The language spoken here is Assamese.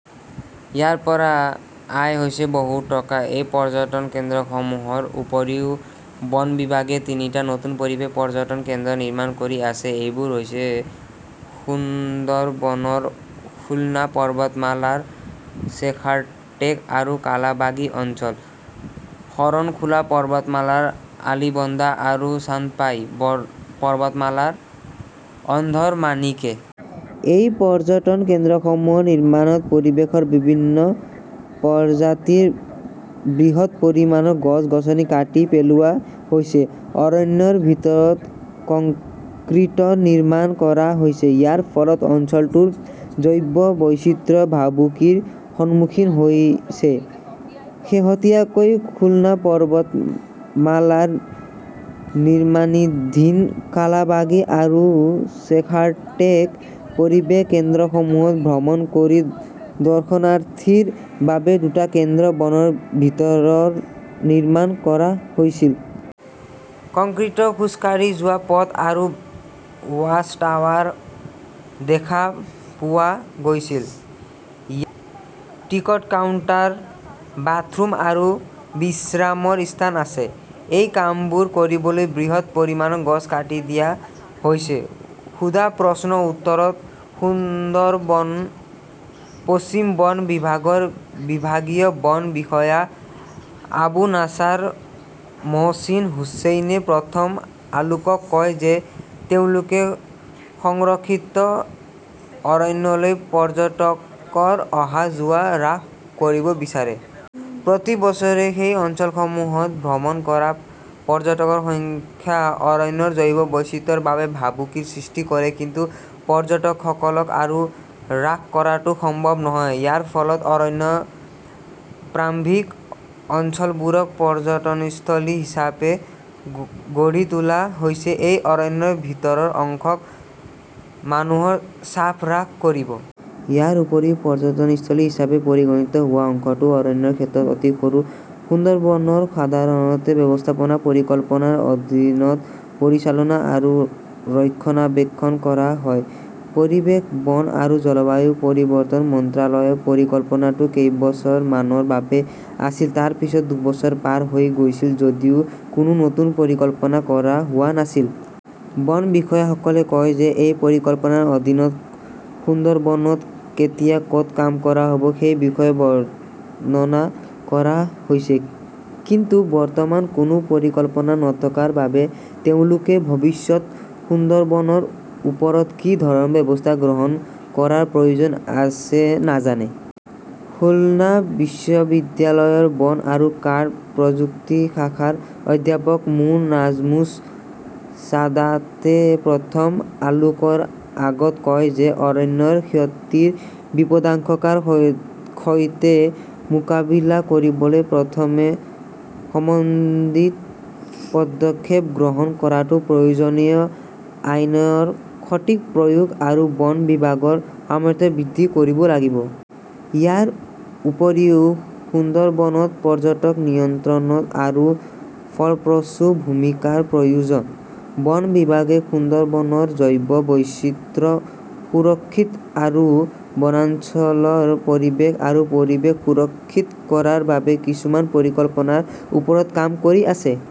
ইয়াৰ পৰা আয় হৈছে বহু টকা। এই পৰ্যটন কেন্দ্ৰসমূহৰ উপৰিও বন বিভাগে তিনিটা নতুন পৰিৱেশ পৰ্যটন কেন্দ্ৰ নিৰ্মাণ কৰি আছে। এইবোৰ হৈছে সুন্দৰবনৰ খুলনা পৰ্বতমালাৰ শ্বেখাৰটেক আৰু কালাবাগী অঞ্চল, শৰণখোলা পৰ্বতমালাৰ আলিবন্ধা আৰু চান্দপাই পৰ্বতমালাৰ অন্ধৰমানিকে। এই পৰ্যটন কেন্দ্ৰসমূহৰ নিৰ্মাণত পৰিৱেশৰ বিভিন্ন প্ৰজাতিৰ বৃহৎ পৰিমাণৰ গছ-গছনি কাটি পেলোৱা হৈছে। অৰণ্যৰ ভিতৰত কংক্ৰিটৰ নিৰ্মাণ কৰা হৈছে। ইয়াৰ ফলত অঞ্চলটোৰ জৈৱ বৈচিত্ৰ্য ভাবুকিৰ সন্মুখীন হৈছে। শেহতীয়াকৈ খুলনা পৰ্বতমালাৰ নিৰ্মাণধীন কালাবাগী আৰু শ্বেখাৰটেক পৰিৱেশ কেন্দ্ৰসমূহত ভ্ৰমণ কৰি দৰ্শনাৰ্থীৰ বাবে দুটা কেন্দ্ৰ বনৰ ভিতৰত নিৰ্মাণ কৰা হৈছিল। কংক্ৰিটৰ খোজকাঢ়ি যোৱা পথ আৰু ৱাচ টাৱাৰ দেখা পোৱা গৈছিল। ইয়াত টিকট কাউণ্টাৰ, বাথৰুম আৰু বিশ্ৰামৰ স্থান আছে। এই কামবোৰ কৰিবলৈ বৃহৎ পৰিমাণৰ গছ কাটি দিয়া হৈছে। সোধা প্ৰশ্নৰ উত্তৰত সুন্দৰবন পশ্চিম বন বিভাগৰ বিভাগীয় বন বিষয়া আবু নাছাৰ মোহচিন হুচেইনে প্ৰথম আলোকক কয় যে তেওঁলোকে সংৰক্ষিত অৰণ্যলৈ পৰ্যটকৰ অহা-যোৱা হ্ৰাস কৰিব বিচাৰে। প্ৰতি বছৰে সেই অঞ্চলসমূহত ভ্ৰমণ কৰা পৰ্যটকৰ সংখ্যা অৰণ্যৰ জৈৱ বৈচিত্ৰ্যৰ বাবে ভাবুকিৰ সৃষ্টি কৰে। কিন্তু পৰ্যটকসকলক আৰু হ্ৰাস কৰাটো সম্ভৱ নহয়। ইয়াৰ ফলত অৰণ্যৰ প্ৰাৰম্ভিক অঞ্চলবোৰক পৰ্যটনস্থলী হিচাপে গঢ়ি তোলা হৈছে। ই অৰণ্যৰ ভিতৰৰ অংশত মানুহৰ চাপ হ্ৰাস কৰিব। ইয়াৰ উপৰিও পৰ্যটনস্থলী হিচাপে পৰিগণিত হোৱা অংশটো অৰণ্যৰ ক্ষেত্ৰত অতি সৰু। সুন্দৰবন সাধাৰণতে ব্যৱস্থাপনা পৰিকল্পনাৰ অধীনত পৰিচালনা আৰু ৰক্ষণাবেক্ষণ কৰা হয়। পৰিৱেশ, বন আৰু জলবায়ু পৰিৱৰ্তন মন্ত্ৰালয়ৰ পৰিকল্পনাটো কেইবছৰ মানৰ বাবেহ আছিল। তাৰ পিছত দুবছৰ পাৰ হৈ গৈছিল যদিও কোনো নতুন পৰিকল্পনা কৰা হোৱা নাছিল। বন বিষয়াসকলে কয় যে এই পৰিকল্পনাৰ অধীনত সুন্দৰবনত কেতিয়া, ক'ত কাম কৰা হ'ব সেই বিষয়ে বৰ্ণনা কৰা হৈছে। কিন্তু বৰ্তমান কোনো পৰিকল্পনা নথকাৰ বাবে তেওঁলোকে ভৱিষ্যতে সুন্দৰবনৰ ওপৰত কি ধৰণৰ ব্যৱস্থা গ্ৰহণ কৰাৰ প্ৰয়োজন আছে নাজানে। খুলনা বিশ্ববিদ্যালয়ৰ বন আৰু কাঠ প্ৰযুক্তি শাখাৰ অধ্যাপক মো. নাজমুছ ছাদাতে প্ৰথম আলোকৰ আগত কয় যে অৰণ্যৰ ক্ষতিৰ বিপদাশংকাৰ সৈতে মোকাবিলা কৰিবলৈ প্ৰথমে সমন্বিত পদক্ষেপ গ্ৰহণ কৰাটো প্ৰয়োজনীয়। আইনৰ সঠিক প্ৰয়োগ আৰু বন বিভাগৰ সামৰ্থ্য বৃদ্ধি কৰিব লাগে। ইয়াৰ উপৰিও সুন্দৰবনত পৰ্যটক নিয়ন্ত্ৰণত এক ফলপ্ৰসূ ভূমিকাৰ প্ৰয়োজন। বন বিভাগে সুন্দৰবনৰ জৈৱ বৈচিত্ৰ্য সুৰক্ষিত কৰা আৰু বনাঞ্চলৰ পৰিৱেশ আৰু পৰিৱেশ সুৰক্ষিত কৰাৰ বাবে কিছুমান পৰিকল্পনাৰ ওপৰত কাম কৰি আছে।